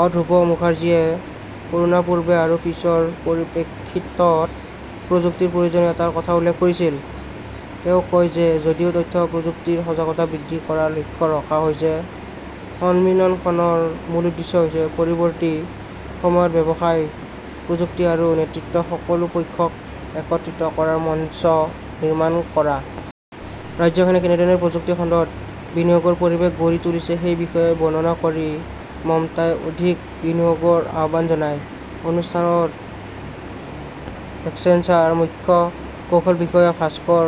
অ, ধ্ৰুৱ মুখাৰ্জীয়ে কৰোনাৰ পূৰ্বে আৰু পিছৰ পৰিপ্ৰেক্ষিতত প্ৰযুক্তিৰ প্ৰয়োজনীয়তাৰ কথা উল্লেখ কৰিছিল। তেওঁ কয় যে যদিও তথ্য প্ৰযুক্তিৰ সজাগতা বৃদ্ধি কৰাৰ লক্ষ্য ৰখা হৈছে, সন্মিলনখনৰ মূল উদ্দেশ্য হৈছে পৰৱৰ্তী সময়ত ব্যৱসায়, প্ৰযুক্তি আৰু নেতৃত্ব, সকলো পক্ষক একত্ৰিত কৰাৰ মঞ্চ নিৰ্মাণ কৰা। ৰাজ্যখনে কেনেদৰে প্ৰযুক্তি খণ্ডত বিনিয়োগৰ পৰিৱেশ গঢ়ি তুলিছে সেই বিষয়ে বৰ্ণনা কৰি মমতাই অধিক বিনিয়োগৰ আহ্বান জনায়। অনুষ্ঠানত এক্সেঞ্চাৰৰ মুখ্য কৌশল বিষয়া ভাস্কৰ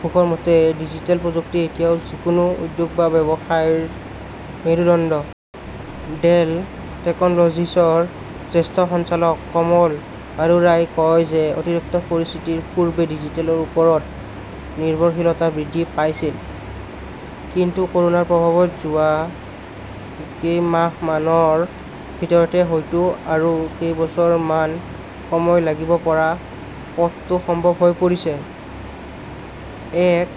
ঘোষৰ মতে, ডিজিটেল প্ৰযুক্তি এতিয়া যিকোনো উদ্যোগ বা ব্যৱসায়ৰ মেৰুদণ্ড। ডেল টেকনলজিছৰ জ্যেষ্ঠ সঞ্চালক কমল আৰোৰাই কয় যে অতিৰিক্ত পৰিস্থিতিৰ পূৰ্বে ডিজিটেলৰ ওপৰত নিৰ্ভৰশীলতা বৃদ্ধি পাইছিল। কিন্তু কৰোনাৰ প্ৰভাৱত যোৱা কেইমাহমানৰ ভিতৰতে হয়তো আৰু কেইবছৰমান সময় লাগিব পৰা পথটো সম্ভৱ হৈ পৰিছে। এক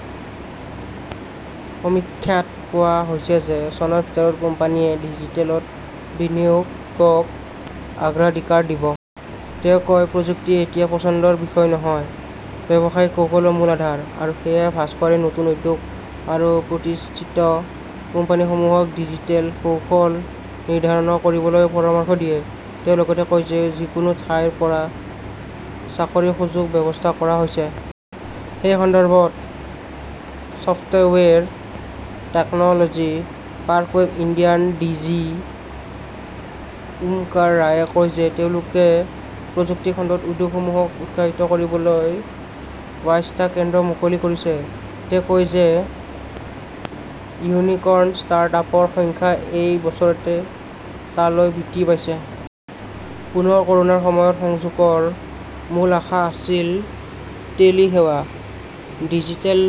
সমীক্ষাত কোৱা হৈছে যে চনৰ ভিতৰত কোম্পানীয়ে ডিজিটেলত বিনিয়োগক অগ্ৰাধিকাৰ দিব। তেওঁ কয়, প্ৰযুক্তি এতিয়া পছন্দৰ বিষয় নহয়। ব্যৱসায়িক কৌশলৰ মূল আধাৰ। আৰু সেয়েহে ভাস্কৰে নতুন উদ্যোগ আৰু প্ৰতিষ্ঠিত কোম্পানীসমূহক ডিজিটেল কৌশল নিৰ্ধাৰণ কৰিবলৈ পৰামৰ্শ দিয়ে। তেওঁ লগতে কয় যে যিকোনো ঠাইৰ পৰা চাকৰিৰ সুযোগৰ ব্যৱস্থা কৰা হৈছে। সেই সন্দৰ্ভত ছফ্টৱেৰ টেকনলজি পাৰ্ক অৱ ইণ্ডিয়াৰ ডিজি ওমকাৰ ৰায়ে কয় যে তেওঁলোকে প্ৰযুক্তি খণ্ডত উদ্যোগসমূহক উৎসাহিত কৰিবলৈ বাইছ টা কেন্দ্ৰ মুকলি কৰিছে। তেওঁ কয় যে ইউনিকৰ্ণ ষ্টাৰ্ট-আপৰ সংখ্যা এই বছৰতে টালৈ বৃদ্ধি পাইছে। পুনৰ কৰোনাৰ সময়ত সংযোগৰ মূল আশা আছিল টেলি সেৱা। ডিজিটেল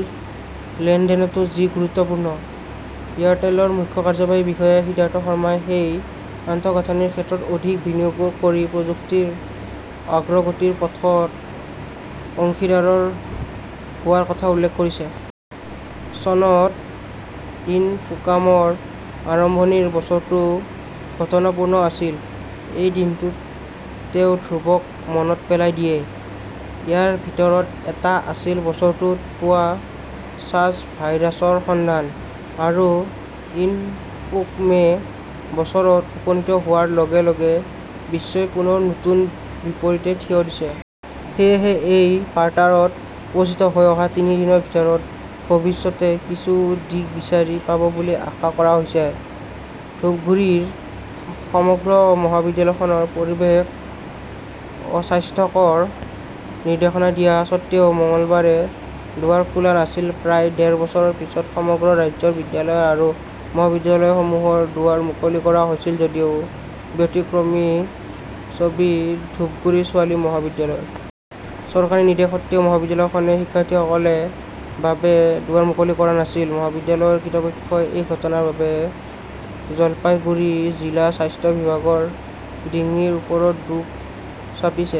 লেনদেনতো যি গুৰুত্বপূৰ্ণ। এয়াৰটেলৰ মুখ্য কাৰ্যবাহী বিষয়া সিদ্ধাৰ্থ শৰ্মাই সেই আন্তঃগাঁথনিৰ ক্ষেত্ৰত অধিক বিনিয়োগ কৰি প্ৰযুক্তিৰ অগ্ৰগতিৰ পথত অংশীদাৰ হোৱাৰ কথা উল্লেখ কৰিছে। চনত ইনফোকমৰ আৰম্ভণিৰ বছৰটো ঘটনাপূৰ্ণ আছিল, এই দিনটোত তেওঁ ধ্ৰুৱক মনত পেলাই দিয়ে। ইয়াৰ ভিতৰত এটা আছিল বছৰটোত পোৱা ছাৰ্চ ভাইৰাছৰ সন্ধান। আৰু ইনফোকমে বছৰত উপনীত হোৱাৰ লগে - লগে বিশ্বই পুনৰ নতুন বিপৰীতে থিয় দিছে। সেয়েহে এই পাৰ্টাৰত উপস্থিত হৈ অহা তিনি দিনৰ ভিতৰত ভৱিষ্যতে কিছু দিশ বিচাৰি পাব বুলি আশা কৰা হৈছে। ধূপগুড়ীৰ সমগ্ৰ মহাবিদ্যালয়খনৰ পৰিৱেশ অস্বাস্থ্যকৰ, নিৰ্দেশনা দিয়া স্বত্বেও মঙলবাৰে দুৱাৰ খোলা নাছিল প্ৰায় ডেৰ বছৰৰ পিছত সমগ্ৰ ৰাজ্যৰ বিদ্যালয় আৰু মহাবিদ্যালয়সমূহৰ দুৱাৰ মুকলি কৰা হৈছিল যদিও ব্যতিক্ৰমী ছবি ধূপগুৰি ছোৱালী মহাবিদ্যালয়ৰ। চৰকাৰী নিৰ্দেশ সত্বেও মহাবিদ্যালয়খনে শিক্ষাৰ্থীসকলৰ বাবে দুৱাৰ মুকলি কৰা নাছিল। মহাবিদ্যালয়ৰ কৰ্তৃপক্ষই এই ঘটনাৰ বাবে জলপাইগুৰি জিলা স্বাস্থ্য বিভাগৰ ডিঙিৰ ওপৰত দোষ চাপিছে।